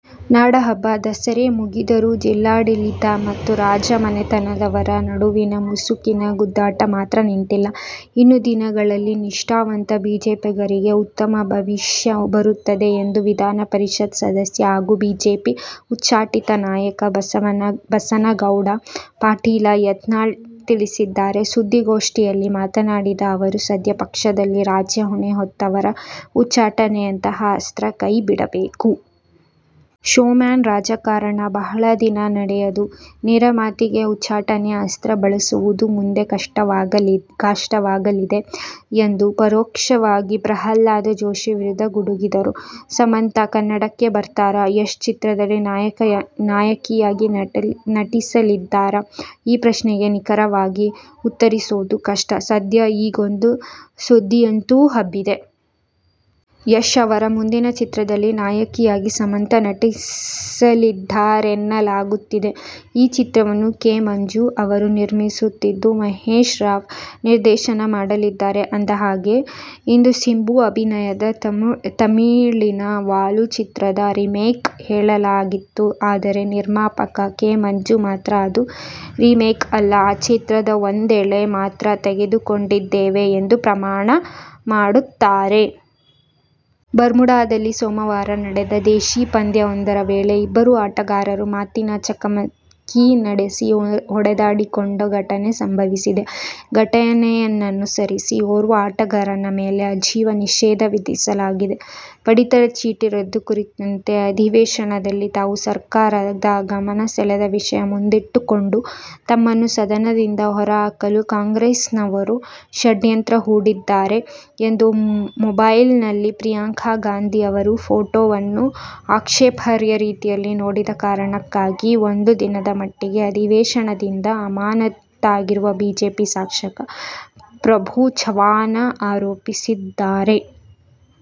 ನಾಡಹಬ್ಬ ದಸರೆ ಮುಗಿದರೂ ಜಿಲ್ಲಾಡಳಿತ ಮತ್ತು ರಾಜ ಮನೆತನದವರ ನಡುವಿನ ಮುಸುಕಿನ ಗುದ್ದಾಟ ಮಾತ್ರ ನಿಂತಿಲ್ಲ. ಇನ್ನು ದಿನಗಳಲ್ಲಿ ನಿಷ್ಠಾವಂತ ಬಿಜೆಪಿಗರಿಗೆ ಉತ್ತಮ ಭವಿಷ್ಯ ಬರುತ್ತದೆ ಎಂದು ವಿಧಾನ ಪರಿಷತ್ ಸದಸ್ಯ ಹಾಗೂ ಬಿಜೆಪಿ ಉಚ್ಚಾಟಿತ ನಾಯಕ ಬಸನಗೌಡ ಪಾಟೀಲ ಯತ್ನಾಳ ತಿಳಿಸಿದ್ದಾರೆ. ಸುದ್ದಿಗೋಷ್ಠಿಯಲ್ಲಿ ಮಾತನಾಡಿದ ಅವರು, ಸದ್ಯ ಪಕ್ಷದಲ್ಲಿ ರಾಜ್ಯ ಹೊಣೆ ಹೊತ್ತವರು ಉಚ್ಚಾಟನೆಯಂತಹ ಅಸ್ತ್ರ ಕೈ ಬಿಡಬೇಕು. ಶೋ ಮ್ಯಾನ್ ರಾಜಕಾರಣ ಬಹಳ ದಿನ ನಡೆಯದು. ನೇರ ಮಾತಿಗೆ ಉಚ್ಚಾಟನೆ ಅಸ್ತ್ರ ಬಳಸುವುದು ಮುಂದೆ ಕಷ್ಟವಾಗಲಿದೆ ಎಂದು ಪರೋಕ್ಷವಾಗಿ ಪ್ರಹ್ಲಾದ ಜೋಶಿ ವಿರುದ್ಧ ಗುಡುಗಿದರು. ಸಮಂತಾ ಕನ್ನಡಕ್ಕೆ ಬರ್ತಾರಾ, ಯಶ್ ಚಿತ್ರದಲ್ಲಿ ನಾಯಕಿಯಾಗಿ ನಟಿಸಲಿದ್ದಾರಾ? ಈ ಪ್ರಶ್ನೆಗೆ ನಿಖರವಾಗಿ ಉತ್ತರಿಸೋದು ಕಷ್ಟ. ಸದ್ಯ ಹೀಗೊಂದು ಸುದ್ದಿಯಂತೂ ಹಬ್ಬಿದೆ. ಯಶ್ ಅವರ ಮುಂದಿನ ಚಿತ್ರದಲ್ಲಿ ನಾಯಕಿಯಾಗಿ ಸಮಂತಾ ನಟಿಸಲಿದ್ದಾರೆನ್ನಲಾಗುತ್ತಿದೆ. ಈ ಚಿತ್ರವನ್ನು ಕೆ. ಮಂಜು ಅವರು ನಿರ್ಮಿಸುತ್ತಿದ್ದು, ಮಹೇಶ್ ರಾವ್ ನಿರ್ದೇಶನ ಮಾಡಲಿದ್ದಾರೆ. ಅಂದಹಾಗೆ, ಇದು ಸಿಂಬು ಅಭಿನಯದ ತಮಿಳಿನ "ವಾಲು' ಚಿತ್ರದ ರೀಮೇಕ್ ಹೇಳಲಾಗಿತ್ತು. ಆದರೆ, ನಿರ್ಮಾಪಕ ಕೆ. ಮಂಜು ಮಾತ್ರ ಅದು ರೀಮೇಕ್ ಅಲ್ಲ, ಆ ಚಿತ್ರದ ಒಂದೆಳೆ ಮಾತ್ರ ತೆಗೆದುಕೊಂಡಿದ್ದೇವೆ ಎಂದು ಪ್ರಮಾಣ ಮಾಡುತ್ತಾರೆ. ಬರ್ಮುಡದಲ್ಲಿ ಸೋಮವಾರ ನಡೆದ ದೇಶೀ ಪಂದ್ಯವೊಂದರ ವೇಳೆ ಇಬ್ಬರು ಆಟಗಾರರು ಮಾತಿನ ಚಕಮಕಿ ನಡೆಸಿ ಹೊಡೆದಾಡಿಕೊಂಡ ಘಟನೆ ಸಂಭವಿಸಿದೆ. ಘಟನೆಯನ್ನನುಸರಿಸಿ ಓರ್ವ ಆಟಗಾರನ ಮೇಲೆ ಆಜೀವ ನಿಷೇಧ ವಿಧಿಸಲಾಗಿದೆ. ಪಡಿತರ ಚೀಟಿ ರದ್ದು ಕುರಿತಂತೆ ಅಧಿವೇಶನದಲ್ಲಿ ತಾವು ಸರ್ಕಾರದ ಗಮನ ಸೆಳೆದ ವಿಷಯ ಮುಂದಿಟ್ಟುಕೊಂಡು ತಮ್ಮನ್ನು ಸದನದಿಂದ ಹೊರಹಾಕಲು ಕಾಂಗ್ರೆಸ್ನವರು ಷಡ್ಯಂತ್ರ ಹೂಡಿದ್ದಾರೆ ಎಂದು ಮೊಬೈಲ್ನಲ್ಲಿ ಪ್ರಿಯಾಂಕಾ ಗಾಂಧಿ ಅವರ ಪೋಟೋವನ್ನು ಆಕ್ಷೇಪಾರ್ಹ ರೀತಿಯಲ್ಲಿ ನೋಡಿದ ಕಾರಣಕ್ಕಾಗಿ ಒಂದು ದಿನದ ಮಟ್ಟಿಗೆ ಅಧಿವೇಶನದಿಂದ ಅಮಾನತಾಗಿರುವ ಬಿಜೆಪಿ ಶಾಸಕ ಪ್ರಭು ಚವ್ಹಾಣ ಆರೋಪಿಸಿದ್ದಾರೆ.